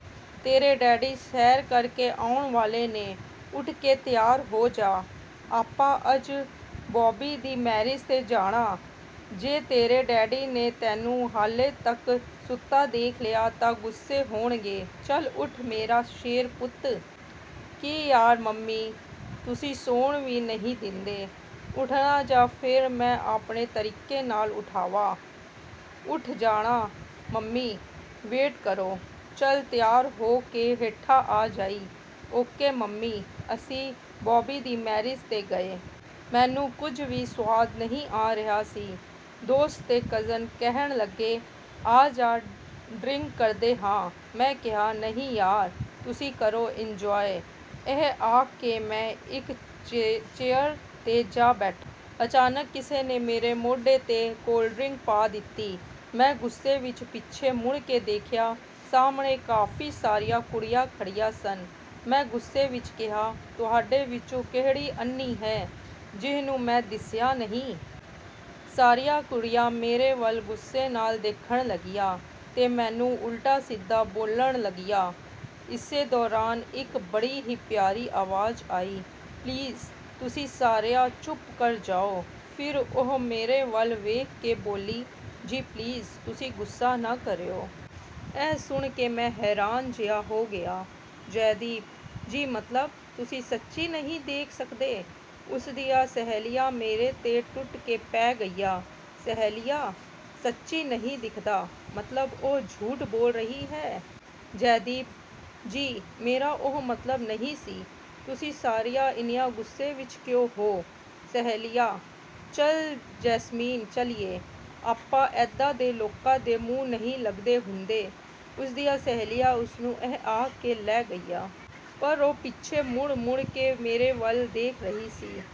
ਤੇਰੇ ਡੈਡੀ ਸੈਰ ਕਰਕੇ ਆਉਣ ਵਾਲੇ ਨੇ। ਉੱਠ ਕੇ ਤਿਆਰ ਹੋ ਜਾ। ਆਪਾਂ ਅੱਜ ਬੌਬੀ ਦੀ ਮੈਰਿਜ 'ਤੇ ਜਾਣਾ। ਜੇ ਤੇਰੇ ਡੈਡੀ ਨੇ ਤੈਨੂੰ ਹਾਲੇ ਤੱਕ ਸੁੱਤਾ ਦੇਖ ਲਿਆ ਤਾਂ ਗੁੱਸੇ ਹੋਣਗੇ। ਚੱਲ ਉੱਠ ਮੇਰਾ ਸ਼ੇਰ ਪੁੱਤ। ਕੀ ਯਾਰ ਮੰਮੀ, ਤੁਸੀਂ ਸੌਣ ਵੀ ਨਹੀਂ ਦਿੰਦੇ? ਉੱਠਣਾ ਜਾਂ ਫੇਰ ਮੈਂ ਆਪਣੇ ਤਰੀਕੇ ਨਾਲ ਉਠਾਵਾਂ? ਉੱਠ ਜਾਣਾ ਮੰਮੀ, ਵੇਟ ਕਰੋ। ਚੱਲ, ਤਿਆਰ ਹੋ ਕੇ ਹੇਠਾਂ ਆ ਜਾਈਂ। Okay mummy. ਅਸੀਂ ਬੌਬੀ ਦੀ ਮੈਰਿਜ 'ਤੇ ਗਏ। ਮੈਨੂੰ ਕੁਝ ਵੀ ਸੁਆਦ ਨਹੀਂ ਆ ਰਿਹਾ ਸੀ। ਦੋਸਤ ਤੇ ਕਜ਼ਨ ਕਹਿਣ ਲੱਗੇ, "ਆਜਾ ਡਰਿੰਕ ਕਰਦੇ ਆਂ।" ਮੈਂ ਕਿਹਾ, "ਨਹੀਂ ਯਾਰ, ਤੁਸੀਂ ਕਰੋ ਇੰਜੌਏ।" ਇਹ ਆਖ ਕੇ ਮੈਂ ਇੱਕ ਚੇਅਰ 'ਤੇ ਜਾ ਬੈਠਾ। ਅਚਾਨਕ ਕਿਸੇ ਨੇ ਮੇਰੇ ਮੋਢੇ 'ਤੇ ਕੋਲਡ ਡਰਿੰਕ ਪਾ ਦਿੱਤੀ। ਮੈਂ ਗੁੱਸੇ ਵਿੱਚ ਪਿੱਛੇ ਮੁੜ ਕੇ ਦੇਖਿਆ। ਸਾਹਮਣੇ ਕਾਫੀ ਸਾਰੀਆਂ ਕੁੜੀਆਂ ਖੜ੍ਹੀਆਂ ਸਨ। ਮੈਂ ਗੁੱਸੇ ਵਿੱਚ ਕਿਹਾ, "ਤੁਹਾਡੇ ਵਿੱਚੋਂ ਕਿਹੜੀ ਅੰਨ੍ਹੀ ਹੈ, ਜਿਹਨੂੰ ਮੈਂ ਦਿਸਿਆ ਨਹੀਂ?" ਸਾਰੀਆਂ ਕੁੜੀਆਂ ਮੇਰੇ ਵੱਲ ਗੁੱਸੇ ਨਾਲ ਦੇਖਣ ਲੱਗੀਆਂ ਤੇ ਮੈਨੂੰ ਉਲਟਾ-ਸਿੱਧਾ ਬੋਲਣ ਲੱਗੀਆਂ। ਇਸੇ ਦੌਰਾਨ ਇੱਕ ਬੜੀ ਹੀ ਪਿਆਰੀ ਆਵਾਜ਼ ਆਈ। "ਪਲੀਜ਼, ਤੁਸੀਂ ਸਾਰੀਆਂ ਚੁੱਪ ਕਰ ਜਾਓ।" ਫਿਰ ਉਹ ਮੇਰੇ ਵੱਲ ਵੇਖ ਕੇ ਬੋਲੀ, "ਜੀ, ਪਲੀਜ਼ ਤੁਸੀਂ ਗੁੱਸਾ ਨਾ ਕਰਿਓ। ਇਹ ਸੁਣ ਕੇ ਮੈਂ ਹੈਰਾਨ ਜਿਹਾ ਹੋ ਗਿਆ। ਜੈਦੀਪ: ਜੀ, ਮਤਲਬ ਤੁਸੀਂ ਸੱਚੀ ਨਹੀਂ ਦੇਖ ਸਕਦੇ? ਉਸਦੀਆਂ ਸਹੇਲੀਆਂ ਮੇਰੇ 'ਤੇ ਟੁੱਟ ਕੇ ਪੈ ਗਈਆਂ। ਸਹੇਲੀਆਂ: ਸੱਚੀ ਨਹੀਂ ਦਿਸਦਾ। ਮਤਲਬ ਉਹ ਝੂਠ ਬੋਲ ਰਹੀ ਹੈ? ਜੈਦੀਪ: ਜੀ, ਮੇਰਾ ਉਹ ਮਤਲਬ ਨਹੀਂ ਸੀ। ਤੁਸੀਂ ਸਾਰੀਆਂ ਇੰਨੀਆਂ ਗੁੱਸੇ ਵਿੱਚ ਕਿਉਂ ਹੋ? ਸਹੇਲੀਆਂ: ਚੱਲ ਜੈਸਮੀਨ, ਚਲੀਏ। ਆਪਾਂ ਏਦਾਂ ਦੇ ਲੋਕਾਂ ਦੇ ਮੂੰਹ ਨਹੀਂ ਲੱਗਦੇ ਹੁੰਦੇ। ਉਸਦੀਆਂ ਸਹੇਲੀਆਂ ਉਸਨੂੰ ਇਹ ਆਖ ਕੇ ਲੈ ਗਈਆਂ। ਪਰ ਉਹ ਪਿੱਛੇ ਮੁੜ-ਮੁੜ ਕੇ ਮੇਰੇ ਵੱਲ ਦੇਖ ਰਹੀ ਸੀ।